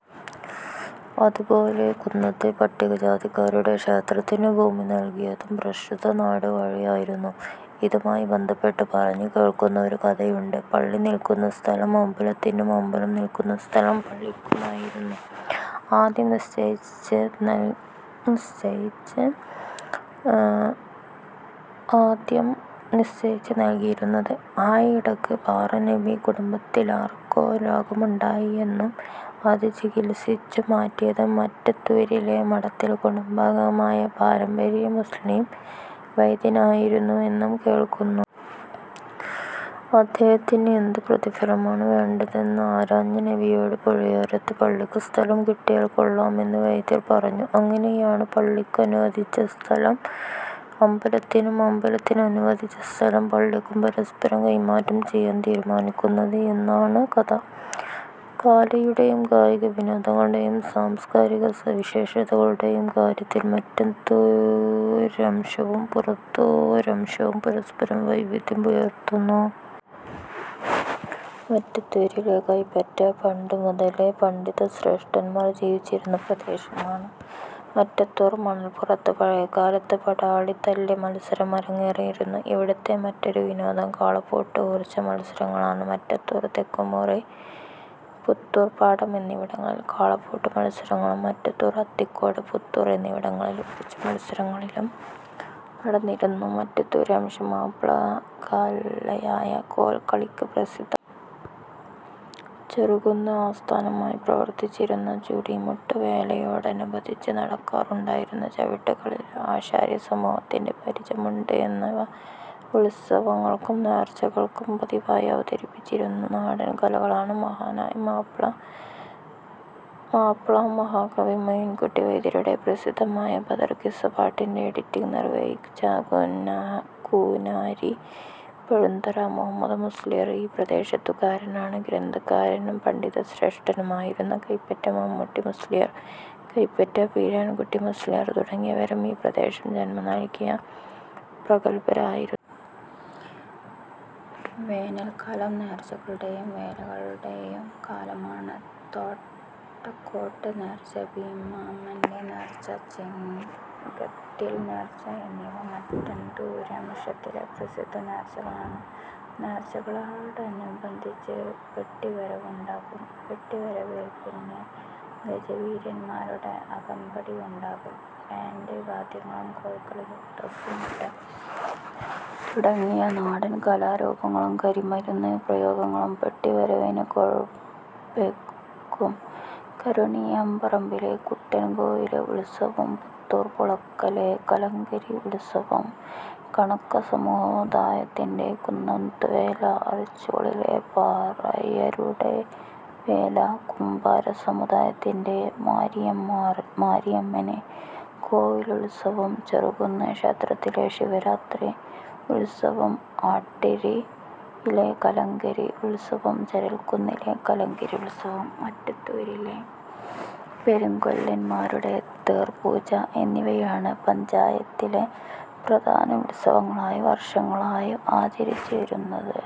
അതുപോലെ കുന്നത്തെ പട്ടികജാതിക്കാരുടെ ക്ഷേത്രത്തിനു ഭൂമി നൽകിയതും പ്രസ്തുത നാടുവാഴിയായിരുന്നു. ഇതുമായി ബന്ധപ്പെട്ട് പറഞ്ഞുകേൾക്കുന്ന ഒരു കഥയുണ്ട്. പള്ളി നിൽക്കുന്ന സ്ഥലം അമ്പലത്തിനും, അമ്പലം നിൽക്കുന്ന സ്ഥലം പള്ളിക്കുമായിരുന്നു ആദ്യം നിശ്ചയിച്ച് നൽകിയിരുന്നത്. ആയിടക്ക് പാറനമ്പി കുടുംബത്തിലാർക്കോ രോഗമുണ്ടായിയെന്നും അത് ചികിത്സിച്ചുമാറ്റിയത് മറ്റത്തൂരിലെ മഠത്തിൽ കുടുംബാംഗമായ പാരമ്പര്യ മുസ്ളീം വൈദ്യനായിരുന്നുവെന്നും കേൾക്കുന്നു. അദ്ദേഹത്തിന് എന്ത് പ്രതിഫലമാണ് വേണ്ടതെന്ന് ആരാഞ്ഞ നമ്പിയോട് പുഴയോരത്ത് പള്ളിക്ക് സ്ഥലം കിട്ടിയാൽ കൊള്ളാമെന്ന് വൈദ്യർ പറഞ്ഞു. അങ്ങനെയാണ് പള്ളിക്കനുവദിച്ച സ്ഥലം അമ്പലത്തിനും അമ്പലത്തിനനുവദിച്ച സ്ഥലം പള്ളിക്കും പരസ്പരം കൈമാറ്റം ചെയ്യാൻ തീരുമാനിക്കുന്നത് എന്നാണ് കഥ. കലയുടെയും കായികവിനോദങ്ങളുടെയും സാംസ്കാരിക സവിശേഷതകളുടേയും കാര്യത്തിൽ മറ്റത്തൂരംശവും പുത്തൂരംശവും പരസ്പരം വൈവിധ്യം പുലർത്തുന്നു. മറ്റത്തൂരിലെ കൈപ്പറ്റ പണ്ടു മുതലേ പണ്ഡിത ശ്രേഷ്ഠന്മാർ ജീവിച്ചിരുന്ന പ്രദേശമാണ്. മറ്റത്തൂർ മണൽപുറത്ത് പഴയകാലത്ത് പടാളിത്തല്ല് മത്സരം അരങ്ങേറിയിരുന്നു. ഇവിടുത്തെ മറ്റൊരു വിനോദം കാളപ്പൂട്ട് ഊർച്ച മത്സരങ്ങളാണ്. മറ്റത്തൂർ, തെക്കുംമുറി, പുത്തൂർപാടം എന്നിവിടങ്ങളിൽ കാളപൂട്ടുമത്സരങ്ങളും മറ്റത്തൂർ, അത്തിക്കോട്, പുത്തൂർ എന്നിവിടങ്ങളിൽ ഊർച്ചമത്സരങ്ങളും നടന്നിരുന്നു. മറ്റത്തൂരംശം മാപ്പിളകലയായ കോൽക്കളിക്ക് പ്രസിദ്ധമാണ്. ചെറുകുന്ന് ആസ്ഥാനമായി പ്രവർത്തിച്ചിരുന്ന ചുടിമുട്ടുവേലയോടനുബന്ധിച്ച് നടക്കാറുണ്ടായിരുന്ന ചവിട്ടുകളി, ആശാരിസമൂഹത്തിന്റെ പരിചമുട്ട് എന്നിവ ഉത്സവങ്ങൾക്കും നേർച്ചകൾക്കും പതിവായി അവതരിപ്പിച്ചിരുന്ന നാടൻ കലകളാണ്. മഹാനായ മാപ്പിള മഹാകവി മോയിൻകുട്ടി വൈദ്യരുടെ പ്രസിദ്ധമായ ബദർകിസ്സപ്പാട്ടിന്റെ എഡിറ്റിംഗ് നിർവ്വഹിച്ച കൂനാരി പെഴുന്തറ മുഹമ്മദ് മുസ്ള്യാർ ഈ പ്രദേശത്തുകാരനാണ്. ഗ്രന്ഥകാരനും പണ്ഡിതശ്രേഷ്ഠനുമായിരുന്ന കൈപ്പറ്റ മമ്മുട്ടി മുസ്ള്യാർ, കൈപ്പറ്റ ബീരാൻ കുട്ടി മുസ്ള്യാർ തുടങ്ങിയവരും ഈ പ്രദേശം ജന്മം നൽകിയ പ്രഗല്ഭരായിരുന്നു. വേനൽക്കാലം നേർച്ചകളുടെയും വേലകളുടെയും കാലമാണ്. തോട്ടക്കോട് നേർച്ച, ബീമാമാന്റ നേർച്ച, ചേക്കത്തിൽ നേർച്ച എന്നിവ മറ്റത്തൂരംശത്തിലെ പ്രസിദ്ധ നേർച്ചകളാണ്. നേർച്ചകളോടനുബന്ധിച്ച് പെട്ടിവരവുണ്ടാകും. പെട്ടിവരവേൽപ്പിന് ഗജവീരന്മാരുടെ അകമ്പടിയുണ്ടാകും. ബാന്റ് വാദ്യങ്ങളും, കോൽക്കളി, ദഫ്മുട്ട് തുടങ്ങിയ നാടൻകലാരൂപങ്ങളും, കരിമരുന്ന് പ്രയോഗങ്ങളും പെട്ടിവരവിനു കൊഴുപ്പേകും. കുരുണിയപ്പറമ്പിലെ കുട്ടൻകോവിൽ ഉത്സവം, പുത്തൂർ പൂളക്കലെ കലങ്കരി ഉത്സവം, കണക്ക സമുദായത്തിന്റെ കുന്നത്തുവേല, അറിച്ചോളിലെ പറയരുടെ വേല, കുംഭാര സമുദായത്തിന്റെ മാരിയമ്മൻ കോവിൽ ഉത്സവം, ചെറുകുന്ന് ക്ഷേത്രത്തിലെ ശിവരാത്രി ഉത്സവം, ആട്ടീരിയിലെ കലങ്കരി ഉത്സവം, ചരൽക്കുന്നിലെ കലങ്കരി ഉത്സവം, മറ്റത്തൂരിലെ പെരുങ്കൊല്ലന്മാരുടെ തേർപൂജ എന്നിവയാണ് പഞ്ചായത്തിലെ പ്രധാന ഉത്സവങ്ങളായി വർഷങ്ങളായി ആചരിച്ചു വരുന്നത്.